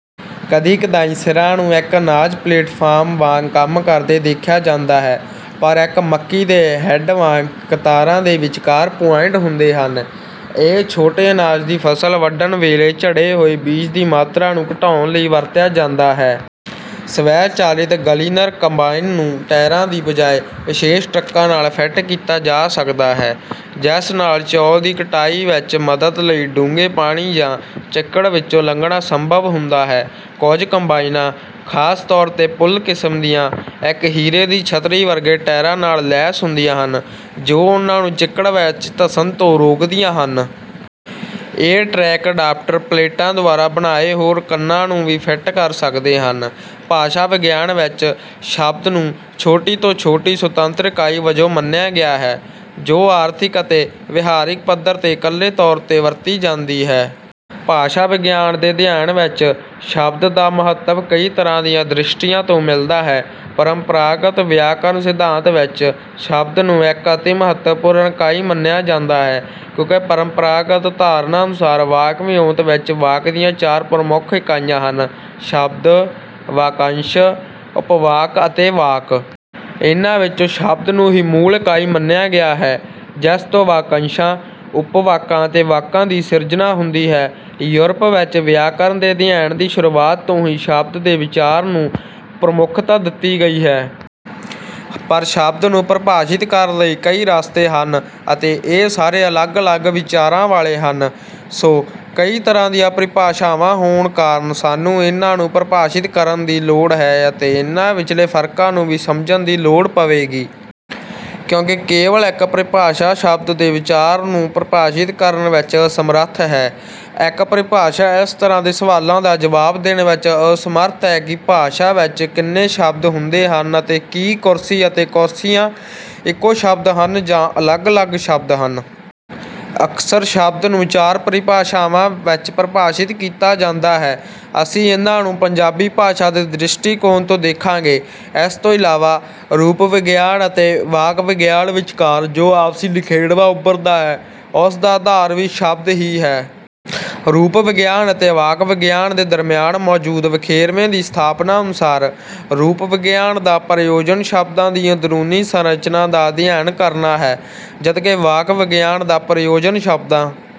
ਕਦੀ-ਕਦਾਈਂ ਸਿਰਾਂ ਨੂੰ ਇੱਕ ਅਨਾਜ ਪਲੇਟਫਾਰਮ ਵਾਂਗ ਕੰਮ ਕਰਦੇ ਦੇਖਿਆ ਜਾਂਦਾ ਹੈ, ਪਰ ਇੱਕ ਮੱਕੀ ਦੇ ਹੈੱਡ ਵਾਂਗ ਕਤਾਰਾਂ ਦੇ ਵਿਚਕਾਰ ਪੁਆਇੰਟ ਹੁੰਦੇ ਹਨ। ਇਹ ਛੋਟੇ ਅਨਾਜ ਦੀ ਫ਼ਸਲ ਵੱਢਣ ਵੇਲੇ ਝੜੇ ਹੋਏ ਬੀਜ ਦੀ ਮਾਤਰਾ ਨੂੰ ਘਟਾਉਣ ਲਈ ਵਰਤਿਆ ਜਾਂਦਾ ਹੈ। ਸਵੈ-ਚਾਲਿਤ ਗਲੀਨਰ ਕੰਬਾਈਨ ਨੂੰ ਟਾਇਰਾਂ ਦੀ ਬਜਾਏ ਵਿਸ਼ੇਸ਼ ਟਰੈਕਾਂ ਨਾਲ ਫਿੱਟ ਕੀਤਾ ਜਾ ਸਕਦਾ ਹੈ, ਜਿਸ ਨਾਲ ਚੌਲ ਦੀ ਕਟਾਈ ਵਿੱਚ ਮਦਦ ਲਈ ਡੂੰਘੇ ਪਾਣੀ ਜਾਂ ਚਿੱਕੜ ਵਿੱਚੋਂ ਲੰਘਣਾ ਸੰਭਵ ਹੁੰਦਾ ਹੈ। ਕੁਝ ਕੰਬਾਈਨਾਂ, ਖ਼ਾਸ ਤੌਰ ’ਤੇ ਪੁੱਲ ਕਿਸਮ ਦੀਆਂ, ਇੱਕ ਹੀਰੇ ਦੀ ਛੱਤਰੀ ਵਰਗੇ ਟਾਇਰਾਂ ਨਾਲ ਲੈਸ ਹੁੰਦੀਆਂ ਹਨ, ਜੋ ਉਨ੍ਹਾਂ ਨੂੰ ਚਿੱਕੜ ਵਿੱਚ ਧੱਸਣ ਤੋਂ ਰੋਕਦੀਆਂ ਹਨ। ਇਹ ਟਰੈਕ ਅਡਾਪਟਰ ਪਲੇਟਾਂ ਦੁਆਰਾ ਬਣਾਏ ਹੋਰ ਕੰਨਾਂ ਨੂੰ ਵੀ ਫਿੱਟ ਕਰ ਸਕਦੇ ਹਨ। ਭਾਸ਼ਾ-ਵਿਗਿਆਨ ਵਿੱਚ ‘ਸ਼ਬਦ’ ਨੂੰ ਛੋਟੀ ਤੋਂ ਛੋਟੀ ਸੁਤੰਤਰ ਇਕਾਈ ਵਜੋਂ ਮੰਨਿਆ ਗਿਆ ਹੈ, ਜੋ ਆਰਥਿਕ ਅਤੇ ਵਿਹਾਰਿਕ ਪੱਧਰ ’ਤੇ ਇੱਕਲੇ ਤੌਰ ’ਤੇ ਵਰਤੀ ਜਾਂਦੀ ਹੈ। ਭਾਸ਼ਾ-ਵਿਗਿਆਨ ਦੇ ਅਧਿਐਨ ਵਿੱਚ ‘ਸ਼ਬਦ’ ਦਾ ਮਹੱਤਵ ਕਈ ਤਰ੍ਹਾਂ ਦੀਆਂ ਦ੍ਰਿਸ਼ਟੀਆਂ ਤੋਂ ਮਿਲਦਾ ਹੈ। ਪਰੰਪਰਾਗਤ ਵਿਆਕਰਨ ਸਿਧਾਂਤ ਵਿੱਚ ‘ਸ਼ਬਦ’ ਨੂੰ ਇੱਕ ਅਤਿ ਮਹੱਤਵਪੂਰਨ ਇਕਾਈ ਮੰਨਿਆ ਜਾਂਦਾ ਹੈ। ਕਿਉਂਕਿ ਪਰੰਪਰਾਗਤ ਧਾਰਨਾ ਅਨੁਸਾਰ ਵਾਕ-ਵਿਓਂਤ ਵਿੱਚ ਵਾਕ ਦੀਆਂ ਚਾਰ ਪ੍ਰਮੁੱਖ ਇਕਾਈਆਂ ਹਨ—ਸ਼ਬਦ, ਵਾਕੰਸ਼, ਉਪਵਾਕ ਅਤੇ ਵਾਕ। ਇਨ੍ਹਾਂ ਵਿੱਚੋਂ ‘ਸ਼ਬਦ’ ਨੂੰ ਹੀ ਮੂਲ ਇਕਾਈ ਮੰਨਿਆ ਗਿਆ ਹੈ, ਜਿਸ ਤੋਂ ਵਾਕੰਸ਼ਾਂ, ਉਪਵਾਕਾਂ ਅਤੇ ਵਾਕਾਂ ਦੀ ਸਿਰਜਣਾ ਹੁੰਦੀ ਹੈ। ਯੂਰਪ ਵਿੱਚ ਵਿਆਕਰਨ ਦੇ ਅਧਿਐਨ ਦੀ ਸ਼ੁਰੂਆਤ ਤੋਂ ਹੀ ‘ਸ਼ਬਦ’ ਦੇ ਵਿਚਾਰ ਨੂੰ ਪ੍ਰਮੁੱਖਤਾ ਦਿੱਤੀ ਗਈ ਹੈ। ਪਰ ਸ਼ਬਦ ਨੂੰ ਪਰਿਭਾਸ਼ਿਤ ਕਰਨ ਲਈ ਕਈ ਰਸਤੇ ਹਨ ਅਤੇ ਇਹ ਸਾਰੇ ਅਲੱਗ-ਅਲੱਗ ਵਿਚਾਰਾਂ ਵਾਲੇ ਹਨ। ਸੋ, ਕਈ ਤਰ੍ਹਾਂ ਦੀਆਂ ਪਰਿਭਾਸ਼ਾਵਾਂ ਹੋਣ ਕਾਰਨ ਸਾਨੂੰ ਇਨ੍ਹਾਂ ਨੂੰ ਪਰਿਭਾਸ਼ਿਤ ਕਰਨ ਦੀ ਲੋੜ ਹੈ ਅਤੇ ਇਨ੍ਹਾਂ ਵਿਚਲੇ ਫ਼ਰਕਾਂ ਨੂੰ ਵੀ ਸਮਝਣ ਦੀ ਲੋੜ ਪਵੇਗੀ। ਕਿਉਂਕਿ ਕੇਵਲ ਇੱਕ ਪਰਿਭਾਸ਼ਾ ‘ਸ਼ਬਦ’ ਦੇ ਵਿਚਾਰ ਨੂੰ ਪਰਿਭਾਸ਼ਿਤ ਕਰਨ ਵਿੱਚ ਅਸਮਰੱਥ ਹੈ। ਇੱਕ ਪਰਿਭਾਸ਼ਾ ਇਸ ਤਰ੍ਹਾਂ ਦੇ ਸਵਾਲਾਂ ਦਾ ਜਵਾਬ ਦੇਣ ਵਿੱਚ ਅਸਮਰੱਥ ਹੈ ਕਿ ਇੱਕ ਭਾਸ਼ਾ ਵਿੱਚ ਕਿੰਨੇ ਸ਼ਬਦ ਹੁੰਦੇ ਹਨ ਅਤੇ ਕੀ ‘ਕੁਰਸੀ’ ਅਤੇ ‘ਕੁਰਸੀਆਂ’ ਇੱਕੋ ਸ਼ਬਦ ਹਨ ਜਾਂ ਅਲੱਗ-ਅਲੱਗ ਸ਼ਬਦ ਹਨ। ਅਕਸਰ ‘ਸ਼ਬਦ’ ਨੂੰ ਚਾਰ ਪਰਿਭਾਸ਼ਾਵਾਂ ਵਿੱਚ ਪਰਿਭਾਸ਼ਿਤ ਕੀਤਾ ਜਾਂਦਾ ਹੈ। ਅਸੀਂ ਇਨ੍ਹਾਂ ਨੂੰ ਪੰਜਾਬੀ ਭਾਸ਼ਾ ਦੇ ਦ੍ਰਿਸ਼ਟੀਕੋਣ ਤੋਂ ਦੇਖਾਂਗੇ। ਇਸ ਤੋਂ ਇਲਾਵਾ, ਰੂਪ-ਵਿਗਿਆਨ ਅਤੇ ਵਾਕ-ਵਿਗਿਆਨ ਵਿਚਕਾਰ ਜੋ ਆਪਸੀ ਨਿਖੇੜਾ ਉਭਰਦਾ ਹੈ, ਉਸ ਦਾ ਆਧਾਰ ਵੀ ‘ਸ਼ਬਦ’ ਹੀ ਹੈ। ਰੂਪ-ਵਿਗਿਆਨ ਅਤੇ ਵਾਕ-ਵਿਗਿਆਨ ਦੇ ਦਰਮਿਆਨ ਮੌਜੂਦ ਵਖਰੇਵੇਂ ਦੀ ਸਥਾਪਨਾ ਅਨੁਸਾਰ, ਰੂਪ-ਵਿਗਿਆਨ ਦਾ ਪ੍ਰਯੋਜਨ ਸ਼ਬਦਾਂ ਦੀ ਅੰਦਰੂਨੀ ਸੰਰਚਨਾ ਦਾ ਅਧਿਐਨ ਕਰਨਾ ਹੈ, ਜਦਕਿ ਵਾਕ-ਵਿਗਿਆਨ ਦਾ ਪ੍ਰਯੋਜਨ ਸ਼ਬਦਾਂ...